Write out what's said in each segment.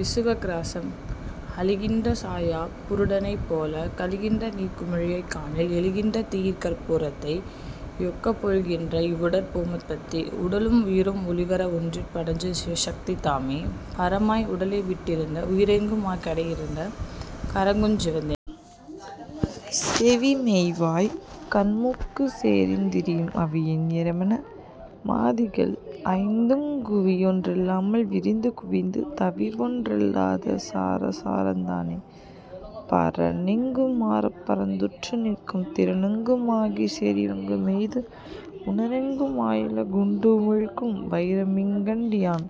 விசுவக் கிராசம். அழிகின்ற சாயா புருடனைப் போலக் கழிகின்ற நீரிற் குமிழியைக் காணில் எழுகின்ற தீயிற்கர்ப் பூரத்தை யொக்கப் பொழிகின்ற இவ்வுடற் போமப் பரத்தே.. உடலும் உயிரும் ஒழிவற ஒன்றிற் படருஞ் சிவசத்தி தாமே பரமாம் உடலைவிட் டிந்த உயிரெங்கு மாகிக் கடையுந் தலையுங் கரக்குஞ் சிவந்தே செவிமெய்வாய் கண்மூக்குச் சேரிந் திரியம் அவியின் றியமன மாதிகள் ஐந்துங் குவிவொன் றிலாமல் விரிந்து குவிந்து தவிர்வொன் றிலாத சராசரந் தானே.. பரனெங்கு மாரப் பரந்துற்று நிற்கும் திரனெங்கு மாகிச் செறிவெங்கு மெய்தும் உரனெங்கு மாயுல குண்டு உமிழ்க்கும் வரமிங்ஙன் கண்டியான்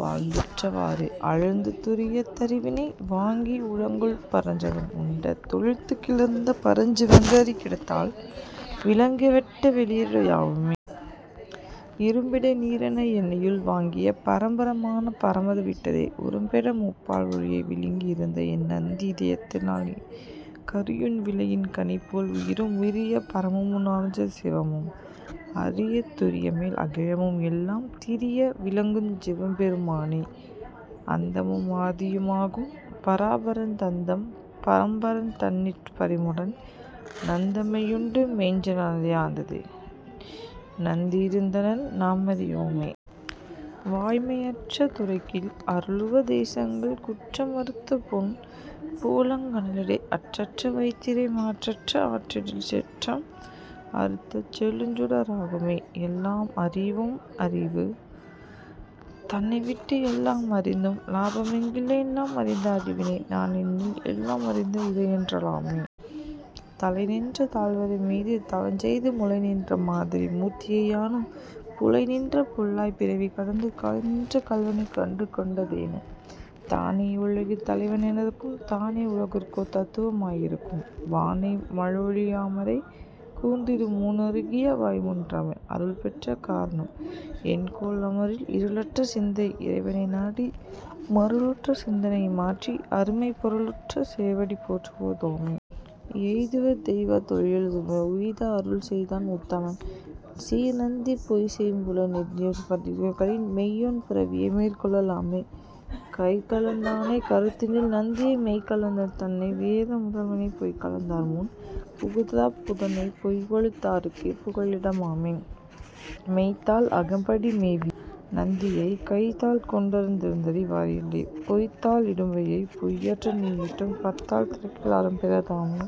வாழ்ந்துற்ற வாறே.. அளந்து துரியத் தறிவினை வாங்கி உளங்கொள் பரஞ்சகம் உண்ட தொழித்துக் கிளர்ந்த பரஞ்சிவஞ்சேரக் கிடைத்தால் விளங்கிய வெட்ட வெளியனு மாமே.. இரும்பிடை நீரென என்னையுள் வாங்கிப் பரம்பர மான பரமது விட்டே உரம்பெற முப்பாழ் ஒளியை விழுங்கி இருந்தஎன் நந்தி இதயத்து ளானே.. கரியுண் விளவின் கனிபோல் உயிரும் உரிய பரமுமுன் னோதுஞ் சிவமும் அரிய துரியமேல் அகிலமும் எல்லாம் திரிய விழுங்குஞ் சிவபெரு மானே.. அந்தமும் ஆதியும் ஆகும் பராபரன் தந்தம் பரம்பரன் தன்னிற் பரமுடன் நந்தமை யுண்டுமெய்ஞ் ஞானநே யாந்தத்தே நந்தி யிருந்தனன் நாமறி யோமே... வாய்மை அற்ற துரைக்கில் அருளுப தேசங்கள் குற்ற மறுத்தபொன் போலுங் கனலிடை அற்றற வைத்திறை மாற்றற ஆற்றிடில் செற்றம் அறுத்த செழுஞ்சுட ராகுமே.. எல்லாம் அறியும் அறிவு தனைவிட்டு எல்லாம் அறிந்தும் இலாபமங் கில்லை எல்லாம் அறிந்த அறிவினை நானென்னில் எல்லாம் அறிந்த இறையென லாமே.. தலைநின்ற தாழ்வரை மீது தவஞ்செய்து முலைநின்ற மாதறி மூர்த்தியை யானும் புலைநின்ற பொல்லாப் பிறவி கடந்து கலைநின்ற கள்வனை கண்டுகொண் டேனே.. தானே யுலகில் தலைவ னெனத்தகும் தானே யுலகுக்கோர் தத்துவ மாய்நிற்கும் வானே மழைபொழி மாமறை கூர்ந்திடும் ஊனே யுருகிய வுள்ளமொன் றாமே.. அருள்பெற்ற காரணம் என்கொல் அமரில் இருளற்ற சிந்தை இறைவனை நாடி மருளுற்ற சிந்தையை மாற்றி அருமைப் பொருளுற்ற சேவடி போற்றுவோர் தாமோ எய்துவ தெய்தா தொழிவ திதுவருள் உய்ய அருள்செய்தான் உத்தமன் சீர்நந்தி பொய்செய்புலன் நெறியொன்பதுந்தாட்கொளின் மெய்யென் புரவியை மேற்கொள்ள லாமே.. கைகலந் தானை கருத்தினுள் நந்தியை மெய்கலந் தான்தன்னை வேத முதல்வனைப் பொய்கலந் தார்முன் புகுதாப் புனிதனைப் பொய்யொழிந் தார்க்கே புகலிட மாமே. மெய்த்தாள் அகம்படி மேவிய நந்தியைக் கைத்தாள் கொண்டாருந் திறந்தறி வாரில்லை பொய்த்தாள் இடும்பையைப் பொய்யற நீவிட்டாம் கத்தாள் திறக்கில் அரும் பேற தாமே..